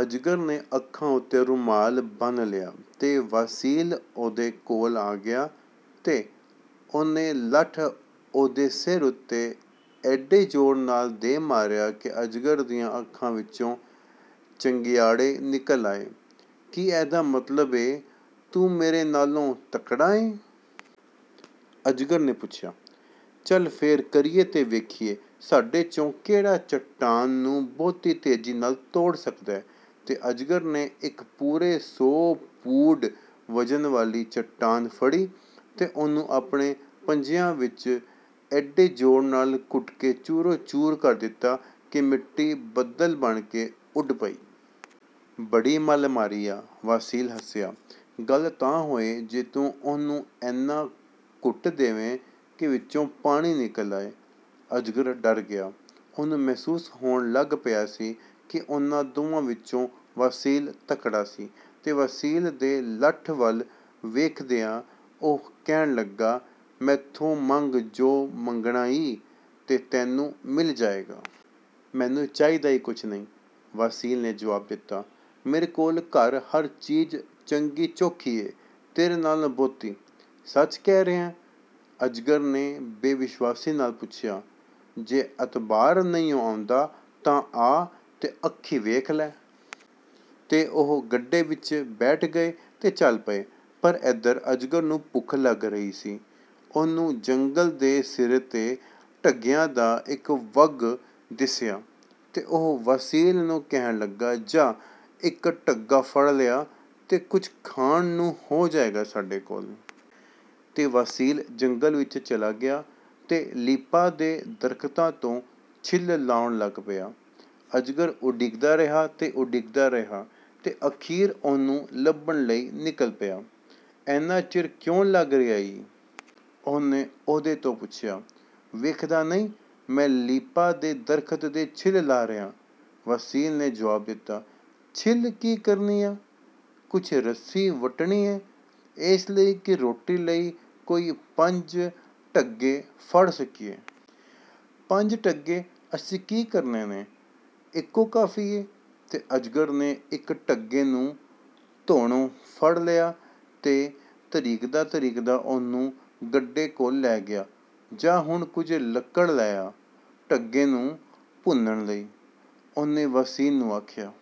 ਅਜਗਰ ਨੇ ਅੱਖਾਂ ਉੱਤੇ ਰੁਮਾਲ ਬੰਨ੍ਹ ਲਿਆ, ਤੇ ਵਾਸੀਲ ਉਹਦੇ ਕੋਲ ਆ ਗਿਆ ਤੇ ਉਹਨੇ ਲੱਠ ਉਹਦੇ ਸਿਰ ਉੱਤੇ ਏਡੇ ਜ਼ੋਰ ਨਾਲ ਦੇ ਮਾਰਿਆ ਕਿ ਅਜਗਰ ਦੀਆਂ ਅੱਖਾਂ ਵਿਚੋਂ ਚੰਗਿਆੜੇ ਨਿਕਲ ਆਏ। “ਕੀ ਇਹਦਾ ਮਤਲਬ ਏ, ਤੂੰ ਮੇਰੇ ਨਾਲੋਂ ਤਕੜਾ ਏ?” ਅਜਗਰ ਨੇ ਪੁੱਛਿਆ। “ਚਲ, ਫੇਰ ਕਰੀਏ ਤੇ ਵੇਖੀਏ ਸਾਡੇ ’ਚੋਂ ਕਿਹੜਾ ਚਟਾਨ ਨੂੰ ਬਹੁਤੀ ਤੇਜ਼ੀ ਨਾਲ ਤੋੜ ਸਕਦੈ।” ਤੇ ਅਜਗਰ ਨੇ ਇੱਕ ਪੂਰੇ ਸੌ ਪੂਡ ਵਜ਼ਨ ਵਾਲੀ ਚਟਾਨ ਫੜੀ ਤੇ ਉਹਨੂੰ ਆਪਣੇ ਪੰਜਿਆਂ ਵਿੱਚ ਏਡੇ ਜ਼ੋਰ ਨਾਲ ਘੁੱਟ ਕੇ ਚੂਰੋ-ਚੂਰ ਕਰ ਦਿੱਤਾ ਕਿ ਮਿੱਟੀ ਬੱਦਲ ਬਣ ਕੇ ਉੱਡ ਪਈ। “ਬੜੀ ਮੱਲ ਮਾਰੀ ਆ!” ਵਾਸੀਲ ਹੱਸਿਆ। “ਗੱਲ ਤਾਂ ਹੋਏ ਜੇ ਤੂੰ ਉਹਨੂੰ ਏਨਾ ਘੁੱਟ ਦੇਵੇਂ ਕਿ ਵਿਚੋਂ ਪਾਣੀ ਨਿਕਲ ਆਏ।” ਅਜਗਰ ਡਰ ਗਿਆ। ਉਹਨੂੰ ਮਹਿਸੂਸ ਹੋਣ ਲੱਗ ਪਿਆ ਸੀ ਕਿ ਉਹਨਾਂ ਦੋਵਾਂ ਵਿਚੋਂ ਵਾਸੀਲ ਤਕੜਾ ਸੀ, ਤੇ ਵਾਸੀਲ ਦੇ ਲੱਠ ਵੱਲ ਵੇਖਦਿਆਂ ਉਹ ਕਹਿਣ ਲੱਗਾ, “ਮੈਥੋਂ ਮੰਗ ਜੁ ਮੰਗਣਾ ਈਂ, ਤੇ ਤੈਨੂੰ ਮਿਲ ਜਾਏਗਾ।” “ਮੈਨੂੰ ਚਾਹੀਦਾ ਈ ਕੁਝ ਨਹੀਂ,” ਵਾਸੀਲ ਨੇ ਜਵਾਬ ਦਿੱਤਾ। “ਮੇਰੇ ਕੋਲ ਘਰ ਹਰ ਚੀਜ਼ ਚੰਗੀ-ਚੋਖੀ ਏ, ਤੇਰੇ ਨਾਲੋਂ ਬਹੁਤੀ।” “ਸੱਚ ਕਹਿ ਰਿਹੈਂ?” ਅਜਗਰ ਨੇ ਬੇਵਿਸ਼ਵਾਸੀ ਨਾਲ ਪੁੱਛਿਆ। “ਜੇ ਅਤਬਾਰ ਨਹੀਂਉਂ ਆਉਂਦਾ, ਤਾਂ ਆ ਤੇ ਅੱਖੀਂ ਵੇਖ ਲੈ!” ਤੇ ਉਹ ਗੱਡੇ ਵਿੱਚ ਬੈਠ ਗਏ ਤੇ ਚੱਲ ਪਏ। ਪਰ ਏਧਰ ਅਜਗਰ ਨੂੰ ਭੁੱਖ ਲੱਗ ਰਹੀ ਸੀ। ਉਹਨੂੰ ਜੰਗਲ ਦੇ ਸਿਰੇ ’ਤੇ ਢੱਗਿਆਂ ਦਾ ਇੱਕ ਵੱਗ ਦਿਸਿਆ ਤੇ ਉਹ ਵਾਸੀਲ ਨੂੰ ਕਹਿਣ ਲੱਗਾ, “ਜਾ, ਇੱਕ ਢੱਗਾ ਫੜ ਲਿਆ, ਤੇ ਕੁਝ ਖਾਣ ਨੂੰ ਹੋ ਜਾਏਗਾ ਸਾਡੇ ਕੋਲ। ਤੇ ਵਾਸੀਲ ਜੰਗਲ ਵਿੱਚ ਚਲਾ ਗਿਆ ਤੇ ਲੀਪਾ ਦੇ ਦਰਖ਼ਤਾਂ ਤੋਂ ਛਿੱਲ ਲਾਹੁਣ ਲੱਗ ਪਿਆ। ਅਜਗਰ ਉਡੀਕਦਾ ਰਿਹਾ ਤੇ ਉਡੀਕਦਾ ਰਿਹਾ ਤੇ ਅਖ਼ੀਰ ਉਹਨੂੰ ਲੱਭਣ ਲਈ ਨਿਕਲ ਪਿਆ। “ਏਨਾ ਚਿਰ ਕਿਉਂ ਲੱਗ ਰਿਹਾ ਈ?” ਉਹਨੇ ਉਹਦੇ ਤੋਂ ਪੁੱਛਿਆ। “ਵੇਖਦਾ ਨਹੀਂ, ਮੈਂ ਲੀਪਾ ਦੇ ਦਰਖ਼ਤਾਂ ਦੀ ਛਿੱਲ ਲਾਹ ਰਿਹਾਂ,” ਵਾਸੀਲ ਨੇ ਜਵਾਬ ਦਿੱਤਾ। “ਛਿੱਲ ਕੀ ਕਰਨੀ ਆਂ?” “ਕੁਝ ਰੱਸੀ ਵੱਟਣੀ ਏ, ਏਸ ਲਈ ਕਿ ਰੋਟੀ ਲਈ ਕੋਈ ਪੰਜ ਢੱਗੇ ਫੜ ਸਕੀਏ।” “ਪੰਜ ਢੱਗੇ ਅਸੀਂ ਕੀ ਕਰਨੇ ਨੇ? ਇਕੋ ਕਾਫ਼ੀ ਏ।” ਤੇ ਅਜਗਰ ਨੇ ਇੱਕ ਢੱਗੇ ਨੂੰ ਧੌਣੋਂ ਫੜ ਲਿਆ ਤੇ ਧਰੀਕਦਾ-ਧਰੀਕਦਾ ਉਹਨੂੰ ਗੱਡੇ ਕੋਲ ਲੈ ਗਿਆ। "ਜਾ, ਹੁਣ ਕੁਝ ਲੱਕੜ ਲੈ ਆ, ਢੱਗੇ ਨੂੰ ਭੁੰਨਣ ਲਈ,” ਉਹਨੇ ਵਾਸੀਲ ਨੂੰ ਆਖਿਆ।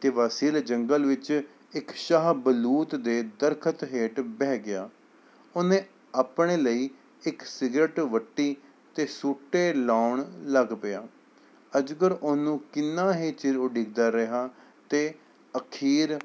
ਤੇ ਵਾਸੀਲ ਜੰਗਲ ਵਿੱਚ ਇੱਕ ਸ਼ਾਹ-ਬਲੂਤ ਦੇ ਦਰਖ਼ਤ ਹੇਠ ਬਹਿ ਗਿਆ। ਉਹਨੇ ਆਪਣੇ ਲਈ ਇੱਕ ਸਿਗਰਟ ਵੱਟੀ ਤੇ ਸੂਟੇ ਲਾਉਣ ਲੱਗ ਪਿਆ। ਅਜਗਰ ਉਹਨੂੰ ਕਿੰਨਾ ਹੀ ਚਿਰ ਉਡੀਕਦਾ ਰਿਹਾ, ਤੇ ਅਖ਼ੀਰ